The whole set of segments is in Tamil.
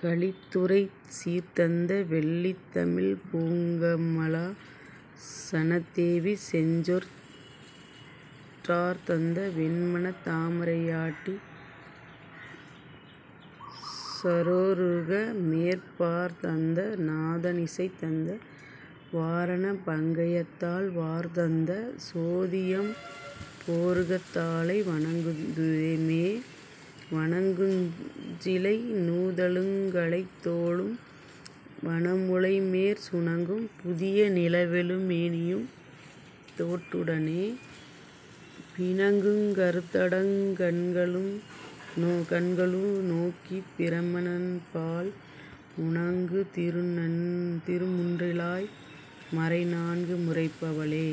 கலித்துறை சீர்தந்த வெள்ளிதழ்ப் பூங்கமலா சனத்தேவி செஞ்சொற் றார்தந்த வென்மனத் தாமரையாட்டி சரோருக மேற் பார்தந்த நாத னிசைதந்த வாரணப் பங்கயத்தாள் வார்தந்த சோதி யம்போருகத் தாளை வணங்குதுமே. வணங்குஞ் சிலைநுதலுங் கழைத்தோளும் வனமுலை மேற் சுணங்கும் புதிய நிலவெழு மேனியுந் தோட்டுடனே பிணங்குங் கருந்தடங் கண்களு நோக்கிப் பிரமனன்பால் உணங்குந் திருமுன் றிலாய் மறைநான்கு முரைப்பவளே.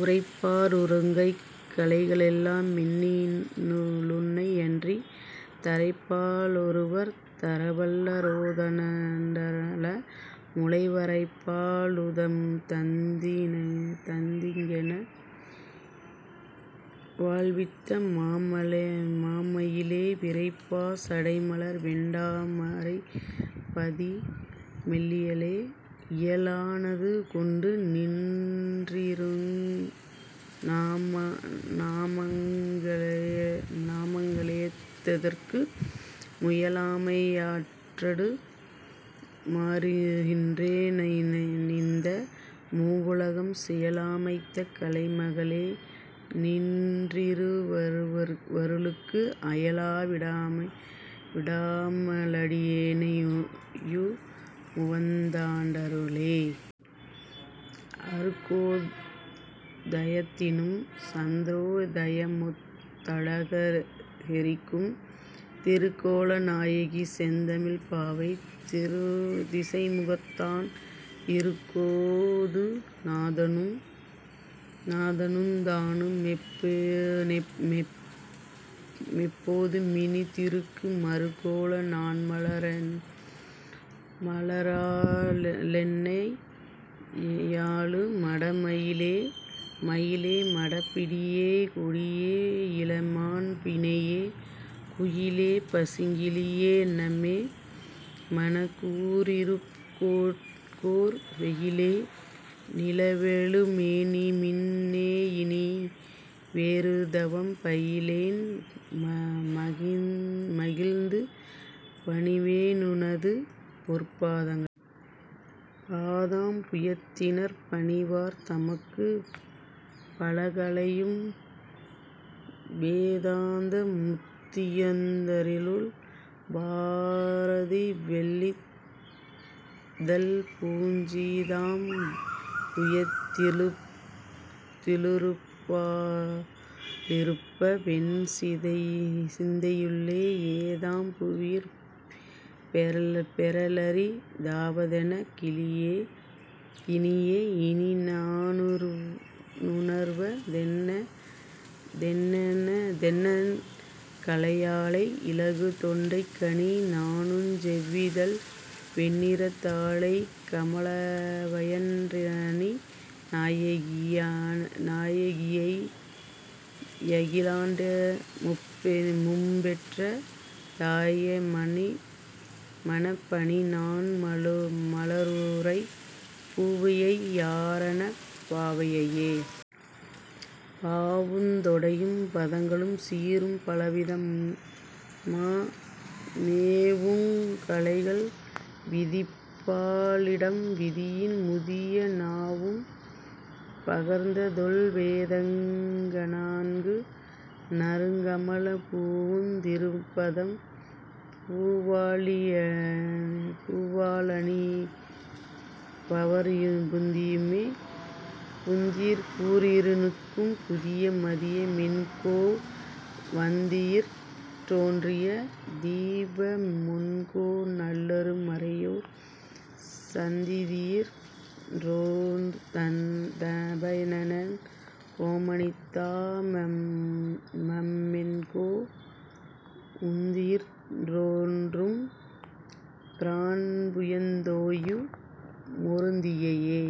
உரைப்பா ருரைக்குங் கலைகளெல்லா மெண்ணி லுன்னையன்றித் தரைப்பா லொருவர் தரவல்ல ரோதண் டரளமுலை வரைப்பா லமுதுதந் திங்கெனை வாழ்வித்த மாமயிலே விரைப்பா சடைமலர் வெண்டா மரைப்பதி மெல்லியலே. இயலா னதுகொண்டு நின்றிரு நாமங்க ளேத்துதற்கு முயலா மையாற்றடு மாறுகின்றே னிந்த மூவுலகும் செயலா லமைத்த கலைமகளே நின்றிரு வருளுக்கு அயலா விடாம லடியேனையு முவந் தாண்டருளே. அருக்கோ தயத்தினும் சந்திரோ தயமொத் தழகெறிக்கும் திருக்கோல நாயகி செந்தமிழ்ப் பாவை திசைமுகத்தான் இருக்கோ துநாதனுந் தானுமெப் போதுமினி திருக்கு மருக்கோல நாண்மல ராளென்னை யாளு மடமயிலே. மயிலே மடப்பிடியே கொடியே யிளமான் பிணையே குயிலே பசுங்கிளியே யன்னமே மனக்கூ ரிருட்கோர் வெயிலே நிலவெழு மேனிமின் னேயினி வேறுதவம் பயிலேன் மகிழ்ந்து பணிவே னுனதுபொற் பாதங்களே. பாதாம் புயத்திற் பணிவார் தமக்குப் பலகலையும் வேதாந்த முத்தியுந் தந்தருள் பாரதிவெள் ளிதழ்ப்பூஞ் சீதாம் புயத்தி லிருப்பா ளிருப்பவென் சிந்தையுள்ளே ஏதாம் புவியிற் பெறலரி தாவதெனக் கினியே. இனிநா னுணர்வ தெண்ணெண் கலையாளை இலகுதொண்டைக் கனிநாணுஞ் செவ்விதழ் வெண்ணிறத் தாளைக் கமலவயன் றனிநாயகியை யகிலாண்ட மும்பெற்ற தாயைமணப் பனிநாண் மலருறை பூவையை யாரணப் பாவையையே. பாவுந் தொடையும் பதங்களும் சீரும் பலவிதமா மேவுங் கலைகள் விதிப்பா ளிடம்விதியின் முதிய நாவும் பகர்ந்ததொல் வேதங்க ணான்கு நறுங்கமலப் பூவுந் திருப்பதம் பூவா லணிபவர் புந்தியுமே. புந்தியிற் கூரிரு ணீக்கும்புதிய மதிய மென்கோ வந்தியிற் றோன்றிய தீபமென்கோ நல்லரு மறையோர் சந்தியிற் றோன்றுந் தபனனென் கோமணித்தா மமென்கோ உந்தியிற் றோன்றும் பிரான்புயந் தோயு மொருத்தியையே.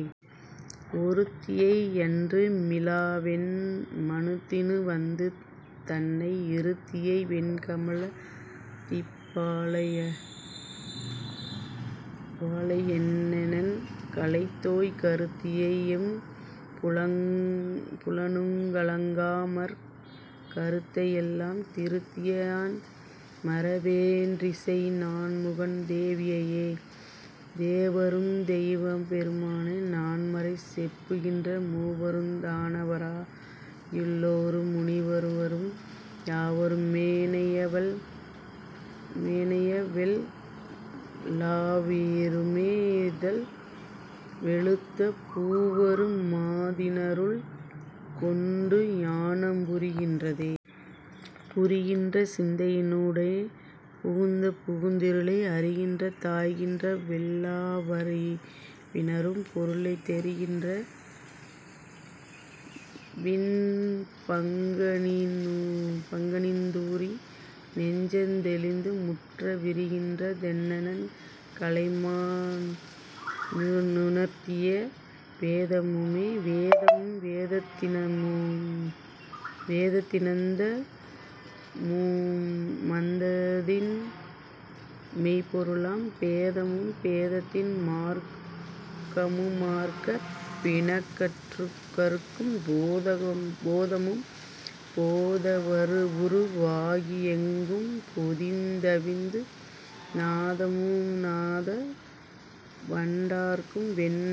ஒருத்தியை யன்றுமி லாவென் மனத்தினு வந்துதன்னை இருத்தியை வெண்கமலத் திப்பாளை யெண்ணெண் கலைதோய் கருத்தியை யைம்புலனுங் கலங்காமற் கருத்தை யெல்லாம் திருத்தியை யான்மற வேன்றிசை நான்முகன் தேவியையே. தேவருந் தெய்வப் பெருமானு நான்மறை செப்புகின்ற மூவருந் தானவரா கியுள் ளோருமுனி வரரும் யாவரு மேனையவெல் லாவுயிரு மிதழ் வெளுத்த பூவரு மாதினருள் கொண்டுஞா னம்புரி கின்றதே. புரிகின்ற சிந்தையி னூடே புகுந்துபுகுந் திருளை அரிகின்ற தாய்கின்ற வெல்லா வறிவினரும் பொருளைத் தெரிகின்ற வின்பங் கனிந்தூறி நெஞ்சந்தெ ளிந்துமுற்ற விரிகின்ற தெண்ணெண் கலைமா னுணர்த்திய வேதமுமே. வேதமும் வேதத்தி னந்தமு மந்தத்தின் மெய்ப்பொருளாம் பேதமும் பேதத்தின் மார்க்கமு மார்க்கப் பிணக்கறுக்கும் போதமும் போதவுரு வாகியெங் கும்பொதிந் தவிந்து நாதமு நாதவண் டார்க்கும்வெண் டாமரை நாயகியே.